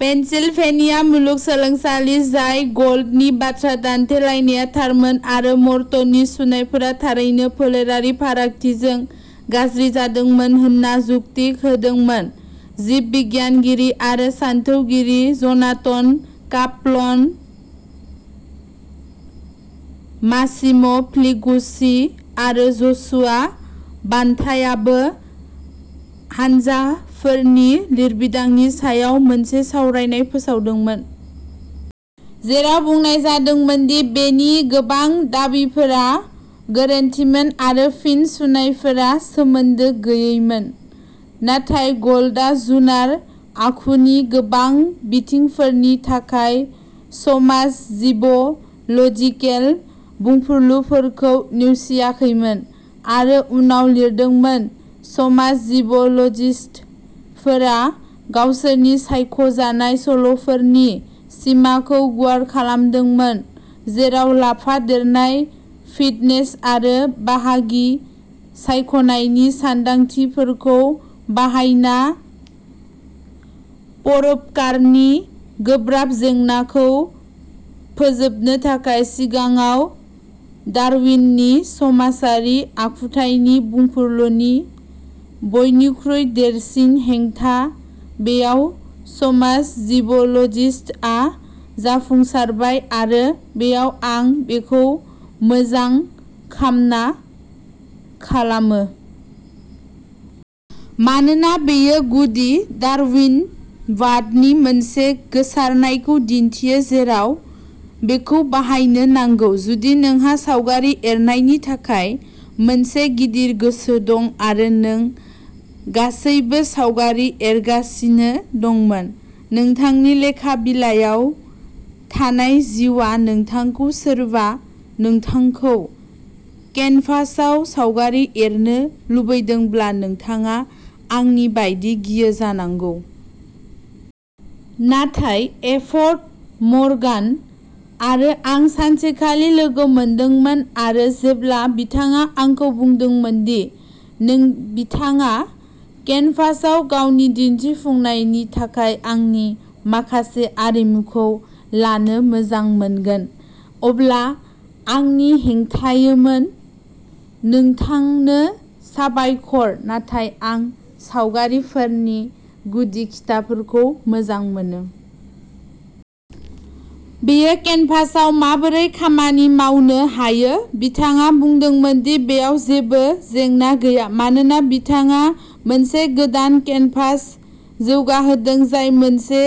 Pennsylvania मुलुगसोलोंसालि जाय ग'ल्डनि बाथ्रा दान्थेलायनाया थारमोन आरो मर्टननि सुनायफोरा थारैनो फोलेरारि फारागथिजों गाज्रि जादोंमोन होनना जुक्ति होदोंमोन। जिब बिगियानगिरि आरो सानथौगिरि जनाथन कापलान, मासिम'पिग्लुचि, आरो जसुआ बान्टायाबो हानजाफोरनि लिरबिदांनि सायाव मोनसे सावरायनाय फोसावदोंमोन। जेराव बुंनाय जादोंमोन दि बेनि गोबां दाबिफोरा गोरोन्थिमोन आरो फिन सुनायफोरा सोमोन्दो गैयैमोन। नाथाय ग'ल्डआ जुनार आखुनि गोबां बिथिंफोरनि थाखाय समाज' जिब' लजिकेल बुंफुरलुफोरखौ नेवसियाखैमोन आरो उनाव लिरदोंमोन "समाज' जिब' लजिस्तफोरा गावसोरनि सायख'जानाय सल'फोरनि सिमाखौ गुवार खालामदोंमोन जेराव लाफादेरनाय फिटनेस आरो बाहागि सायख'नायनि सानदांथिफोरखौ बाहायना परोपकारनि गोब्राब जेंनाखौ फोजोबनो थाखाय सिगाङाव डारविननि समाजारि आखुथायनि बुंफुरलुनि बयनिख्रुइ देरसिन हेंथा बेयाव समाज' जिब' लजिस्तआ जाफुंसारबाय आरो बेयाव आं बेखौ मोजां कामना खालामो। मानोना बेयो गुदि डारविनबादनि मोनसे गोसारनायखौ दिन्थियो जेराव बेखौ बाहायनो नांगौ।" जुदि नोंहा सावगारि एरनायनि थाखाय मोनसे गिदिर गोसो दं आरो नों गासैबो सावगारि एरगासिनो दंमोन। नोंथांनि लेखा बिलायाव थानाय जिउआ नोंथांखौ सोरबा नोंथांखौ केनभासआव सावगारि एरनो लुबैदोंब्ला नोंथाङा आंनि बायदि गियो जानांगौ। नाथाय एभट मर्गान आरो आं सानसेखालि लोगो मोनदोंमोन आरो जेब्ला बिथाङा आंखौ बुंदोंमोन दि बिथाङा केनभासआव गावनि दिन्थिफुंनायनि थाखाय आंनि माखासे आरिमुखौ लानो मोजां मोनगोन अब्ला आंनि हेंथायैमोन "नोंथांनो साबायखर। नाथाय आं सावगारिफोरनि गुदि खिथाफोरखौ मोजां मोनो। बेयो केनभासआव माबोरै खामानि मावनो हायो?" बिथाङा बुंदोंमोन दि बेयाव जेबो जेंना गैया मानोना बिथाङा मोनसे गोदान केनभास जौगाहोदों जाय मोनसे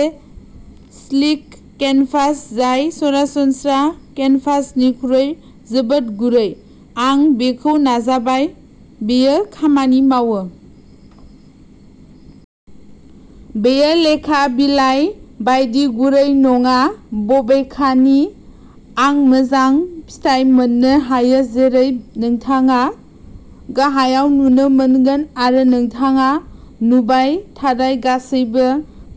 "सिल्क केनभास" जाय सरासनस्रा केनभासनिख्रुइ जोबोद गुरै। आं बेखौ नाजाबाय, बेयो खामानि मावो। बेयो लेखा बिलाय बायदि गुरै नङा बबेखानि आं मोजां फिथाय मोननो हायो जेरै नोंथाङा गाहायाव नुनो मोनगोन आरो नोंथाङा नुबाय थानाय गासैबो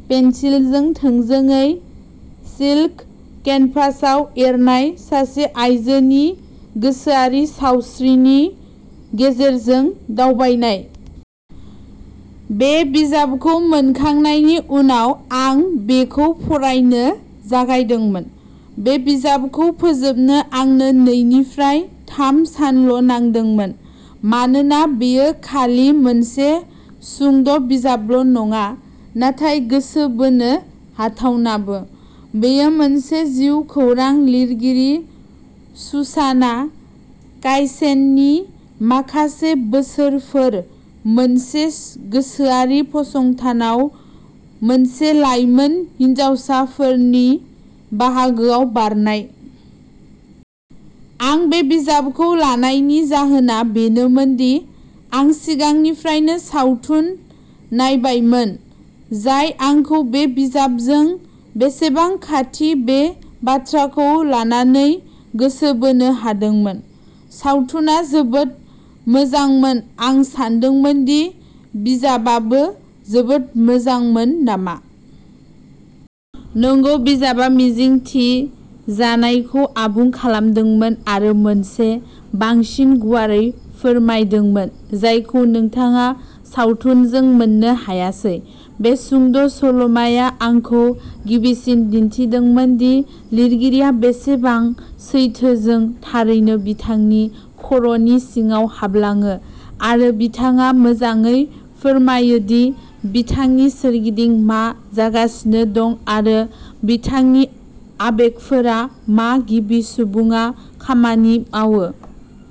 पेन्सिलजों थोंजोङै सिल्क केनभासआव एरनाय। सासे आयजोनि गोसोआरि सावस्रिनि गेजेरजों दावबायनाय। बे बिजाबखौ मोनखांनायनि उनाव आं बेखौ फरायनो जागायदोंमोन। बे बिजाबखौ फोजोबनो आंनो नैनिफ्राय थाम सानल' नांदोंमोन मानोना बेयो खालि मोनसे सुंद' बिजाबल' नङा नाथाय गोसो बोनो हाथावनाबो। बेयो मोनसे जिउखौरां लिरगिरि सुसाना कायसेननि माखासे बोसोरफोर मोनसे गोसोआरि फसंथानाव मोनसे लाइमोन हिनजावसाफोरनि बाहागोआव बारनाय। आं बे बिजाबखौ लानायनि जाहोना बेनोमोन दि आं सिगांनिफ्रायनो सावथुन नायबायमोन जाय आंखौ बे बिजाबजों बेसेबां खाथि बे बाथ्राखौ लानानै गोसो बोनो हादोंमोन। सावथुना जोबोद मोजांमोन आं सानदोंमोन दि बिजाबाबो जोबोद मोजांमोन नामा? नंगौ बिजाबआ मिजिंथिजानायखौ आबुं खालामदोंमोन आरो मोनसे बांसिन गुवारै फोरमायदोंमोन जायखौ नोंथाङा सावथुनजों मोननो हायासै। बे सुंद' सल'माया आंखौ गिबिसिन दिन्थिदोंमोन दि लिरगिरिया बेसेबां सैथो जों थारैनो बिथांनि खर'नि सिङाव हाबलाङो आरो बिथाङा मोजाङै फोरमायो दि बिथांनि सोरगिदिं मा जागासिनो दं आरो बिथांनि आबेगफोरा मा गिबि सुबुङा खामानि मावो?